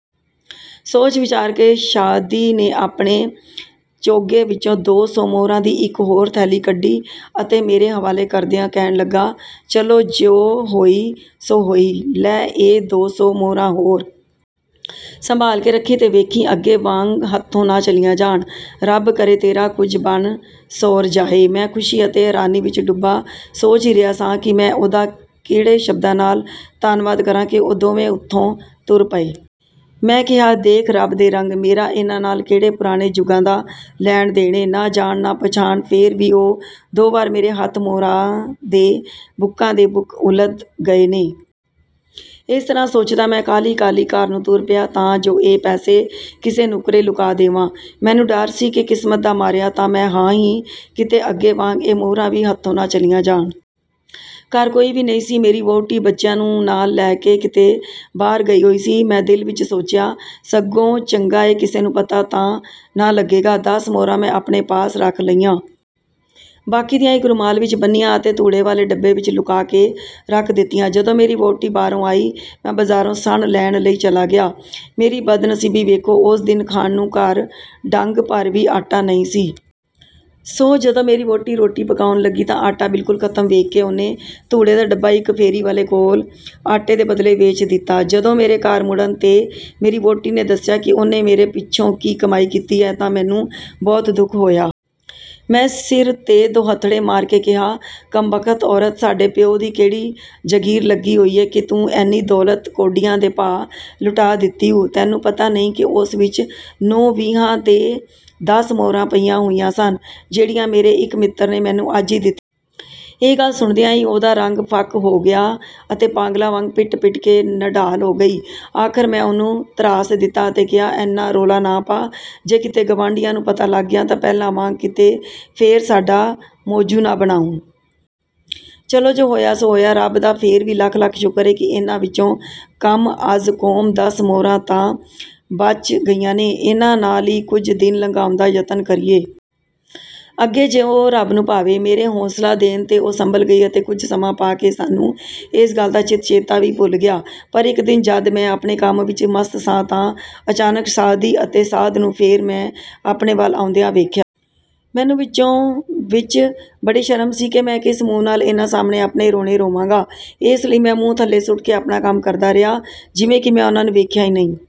ਸੋਚ ਵਿਚਾਰ ਕੇ ਸਾਆਦੀ ਨੇ ਆਪਣੇ ਚੋਗੇ ਵਿਚੋਂ ਦੋ ਸੌ ਮੁਹਰਾਂ ਦੀ ਇਕ ਹੋਰ ਥੈਲੀ ਕੱਢੀ ਅਤੇ ਮੇਰੇ ਹਵਾਲੇ ਕਰਦਿਆਂ ਕਹਿਣ ਲੱਗਾ, "ਚਲੋ ਜੋ ਹੋਈ ਸੋ ਹੋਈ। ਲੈ ਇਹ ਦੋ ਸੌ ਮੁਹਰਾਂ ਹੋਰ। ਸੰਭਾਲ ਕੇ ਰਖੀਂ ਤੇ ਵੇਖੀਂ ਅਗੇ ਵਾਂਙ ਹੱਥੋਂ ਨਾ ਚਲੀਆਂ ਜਾਣ। ਰੱਬ ਕਰੇ ਤੇਰਾ ਕੁਝ ਬਣ ਸੌਰ ਜਾਏ! " ਮੈਂ ਖ਼ੁਸ਼ੀ ਅਤੇ ਹੈਰਾਨੀ ਵਿਚ ਡੁੱਬਾ ਸੋਚ ਹੀ ਰਿਹਾ ਸਾਂ ਕਿ ਮੈਂ ਉਹਦਾ ਕਿਹੜੇ ਸ਼ਬਦਾਂ ਨਾਲ ਧੰਨਵਾਦ ਕਰਾਂ ਕਿ ਉਹ ਦੋਵੇਂ ਉਥੋਂ ਤੁਰ ਪਏ। ਮੈਂ ਕਿਹਾ, ਦੇਖ ਰਬ ਦੇ ਰੰਗ! ਮੇਰਾ ਇਹਨਾਂ ਨਾਲ ਕਿਹੜੇ ਪੁਰਾਣੇ ਜੁਗਾਂ ਦਾ ਲੈਣ ਦੇਣ ਏ! ਨਾ ਜਾਣ, ਨਾ ਪਛਾਣ, ਫੇਰ ਵੀ ਉਹ ਦੋ ਵਾਰ ਮੇਰੇ ਹੱਥ ਮੁਹਰਾਂ ਦੇ ਬੁੱਕਾਂ ਦੇ ਬੁੱਕ ਉਲੱਦ ਗਏ ਨੇ! " ਇਸ ਤਰ੍ਹਾਂ ਸੋਚਦਾ ਮੈਂ ਕਾਹਲੀ ਕਾਹਲੀ ਘਰ ਨੂੰ ਤੁਰ ਪਿਆ ਤਾਂ ਜੋ ਇਹ ਪੈਸੇ ਕਿਸੇ ਨੁੱਕਰੇ ਲੁਕਾ ਦੇਵਾਂ। ਮੈਨੂੰ ਡਰ ਸੀ ਕਿ ਕਿਸਮਤ ਦਾ ਮਾਰਿਆ ਤਾਂ ਮੈਂ ਹਾਂ ਹੀ, ਕਿਤੇ ਅੱਗੇ ਵਾਂਙ ਇਹ ਮੁਹਰਾਂ ਵੀ ਹੱਥੋਂ ਨ ਚਲੀਆਂ ਜਾਣ। ਘਰ ਕੋਈ ਵੀ ਨਹੀਂ ਸੀ। ਮੇਰੀ ਵਹੁਟੀ ਬੱਚਿਆਂ ਨੂੰ ਨਾਲ ਲੈ ਕੇ ਕਿਤੇ ਬਾਹਰ ਗਈ ਹੋਈ ਸੀ। ਮੈਂ ਦਿਲ ਵਿਚ ਸੋਚਿਆ, ਸਗੋਂ ਚੰਗਾ ਏ ਕਿਸੇ ਨੂੰ ਪਤਾ ਤਾਂ ਨ ਲਗੇਗਾ! ਦਸ ਮੁਹਰਾਂ ਮੈਂ ਆਪਣੇ ਪਾਸ ਰਖ ਲਈਆਂ। ਬਾਕੀ ਦੀਆਂ ਇਕ ਰੁਮਾਲ ਵਿਚ ਬੰਨ੍ਹੀਆਂ ਅਤੇ ਧੂੜੇ ਵਾਲੇ ਡੱਬੇ ਵਿਚ ਲੁਕਾ ਕੇ ਰੱਖ ਦਿੱਤੀਆਂ। ਜਦੋਂ ਮੇਰੀ ਵਹੁਟੀ ਬਾਹਰੋਂ ਆਈ, ਮੈਂ ਬਜ਼ਾਰੋਂ ਸਣ ਲੈਣ ਲਈ ਚਲਾ ਗਿਆ। ਮੇਰੀ ਬਦਨਸੀਬੀ ਵੇਖੋ! ਉਸ ਦਿਨ ਖਾਣ ਨੂੰ ਘਰ ਡੰਗ ਭਰ ਵੀ ਆਟਾ ਨਹੀਂ ਸੀ। ਸੋ ਜਦੋਂ ਮੇਰੀ ਵਹੁਟੀ ਰੋਟੀ ਪਕਾਉਣ ਲੱਗੀ ਤਾਂ ਆਟਾ ਬਿਲਕੁਲ ਖ਼ਤਮ ਵੇਖ ਕੇ ਉਹਨੇ ਧੂੜੇ ਦਾ ਡੱਬਾ ਇਕ ਫੇਰੀ ਵਾਲੇ ਕੋਲ ਆਟੇ ਦੇ ਬਦਲੇ ਵੇਚ ਦਿੱਤਾ। ਜਦੋਂ ਮੇਰੇ ਘਰ ਮੁੜਨ ਤੇ ਮੇਰੀ ਵਹੁਟੀ ਨੇ ਦਸਿਆ ਕਿ ਉਹਨੇ ਮੇਰੇ ਪਿਛੋਂ ਕੀ ਕਮਾਈ ਕੀਤੀ ਹੈ ਤਾਂ ਮੈਨੂੰ ਬਹੁਤ ਦੁਖ ਹੋਇਆ। ਮੈਂ ਸਿਰ ਤੇ ਦੋਹੱਥੜੇ ਮਾਰ ਕੇ ਕਿਹਾ, "ਕਮਬਖ਼ਤ ਔਰਤ! ਸਾਡੇ ਪਿਉ ਦੀ ਕਿਹੜੀ ਜਗੀਰ ਲੱਗੀ ਹੋਈ ਏ ਕਿ ਤੂੰ ਐਨੀ ਦੌਲਤ ਕੌਡੀਆਂ ਦੇ ਭਾਅ ਲੁਟਾ ਦਿੱਤੀ ਊ। ਤੈਨੂੰ ਪਤਾ ਨਹੀਂ ਕਿ ਉਸ ਵਿਚ ਨੌ ਵੀਹਾਂ ਤੇ ਦਸ ਮੁਹਰਾਂ ਪਈਆਂ ਹੋਈਆਂ ਸਨ ਜਿਹੜੀਆਂ ਮੇਰੇ ਇਕ ਮਿੱਤਰ ਨੇ ਮੈਨੂੰ ਅੱਜ ਈ ਦਿੱਤੀਆਂ ਸਨ! " ਇਹ ਗੱਲ ਸੁਣਦਿਆਂ ਹੀ ਉਹਦਾ ਰੰਗ ਫੱਕ ਹੋ ਗਿਆ ਅਤੇ ਪਾਗਲਾਂ ਵਾਂਙ ਪਿਟ ਪਿਟ ਕੇ ਨਢਾਲ ਹੋ ਗਈ। ਆਖ਼ਰ ਮੈਂ ਉਹਨੂੰ ਧਰਾਸ ਦਿਤਾ ਅਤੇ ਕਿਹਾ, "ਐਨਾ ਰੌਲਾ ਨਾ ਪਾ। ਜੇ ਕਿਤੇ ਗਵਾਂਢੀਆਂ ਨੂੰ ਪਤਾ ਲੱਗ ਗਿਆ ਤਾਂ ਪਹਿਲਾਂ ਵਾਂਙ ਕਿਤੇ ਫੇਰ ਸਾਡਾ ਮੌਜੂ ਨ ਬਣਾਉਣ। ਚਲੋ ਜੋ ਹੋਇਆ ਸੋ ਹੋਇਆ! ਰੱਬ ਦਾ ਫੇਰ ਵੀ ਲੱਖ ਲੱਖ ਸ਼ੁਕਰ ਏ ਕਿ ਇਹਨਾਂ ਵਿੱਚੋਂ ਕਮ ਅਜ਼ ਕੋਮ ਦਸ ਮੁਹਰਾਂ ਤਾਂ ਬਚ ਗਈਆਂ ਨੇ। ਇਹਨਾਂ ਨਾਲ ਈ ਕੁਝ ਦਿਨ ਲੰਘਾਉਣ ਦਾ ਯਤਨ ਕਰੀਏ। ਅਗੇ ਜੋ ਰੱਬ ਨੂੰ ਭਾਵੇ! " ਮੇਰੇ ਹੌਸਲਾ ਦੇਣ ਤੇ ਉਹ ਸੰਭਲ ਗਈ ਅਤੇ ਕੁਝ ਸਮਾਂ ਪਾ ਕੇ ਸਾਨੂੰ ਇਸ ਗਲ ਦਾ ਚਿਤ ਚੇਤਾ ਵੀ ਭੁਲ ਗਿਆ। ਪਰ ਇਕ ਦਿਨ ਜਦ ਮੈਂ ਆਪਣੇ ਕੰਮ ਵਿਚ ਮਸਤ ਸਾਂ ਤਾਂ ਅਚਾਨਕ ਸਾਅਦੀ ਅਤੇ ਸਾਅਦ ਨੂੰ ਫੇਰ ਮੈਂ ਆਪਣੇ ਵਲ ਆਉਂਦਿਆਂ ਵੇਖਿਆ। ਮੈਨੂੰ ਵਿੱਚੋ ਵਿਚ ਬੜੀ ਸ਼ਰਮ ਸੀ ਕਿ ਮੈਂ ਕਿਸ ਮੂੰਹ ਨਾਲ ਇਹਨਾਂ ਸਾਹਮਣੇ ਆਪਣੇ ਰੋਣੇ ਰੋਵਾਂਗਾ। ਇਸ ਲਈ ਮੈਂ ਮੂੰਹ ਥੱਲੇ ਸੁੱਟ ਕੇ ਆਪਣਾ ਕੰਮ ਕਰਦਾ ਰਿਹਾ ਜਿਵੇਂ ਕਿ ਮੈਂ ਉਹਨਾਂ ਨੂੰ ਵੇਖਿਆ ਹੀ ਨਹੀਂ।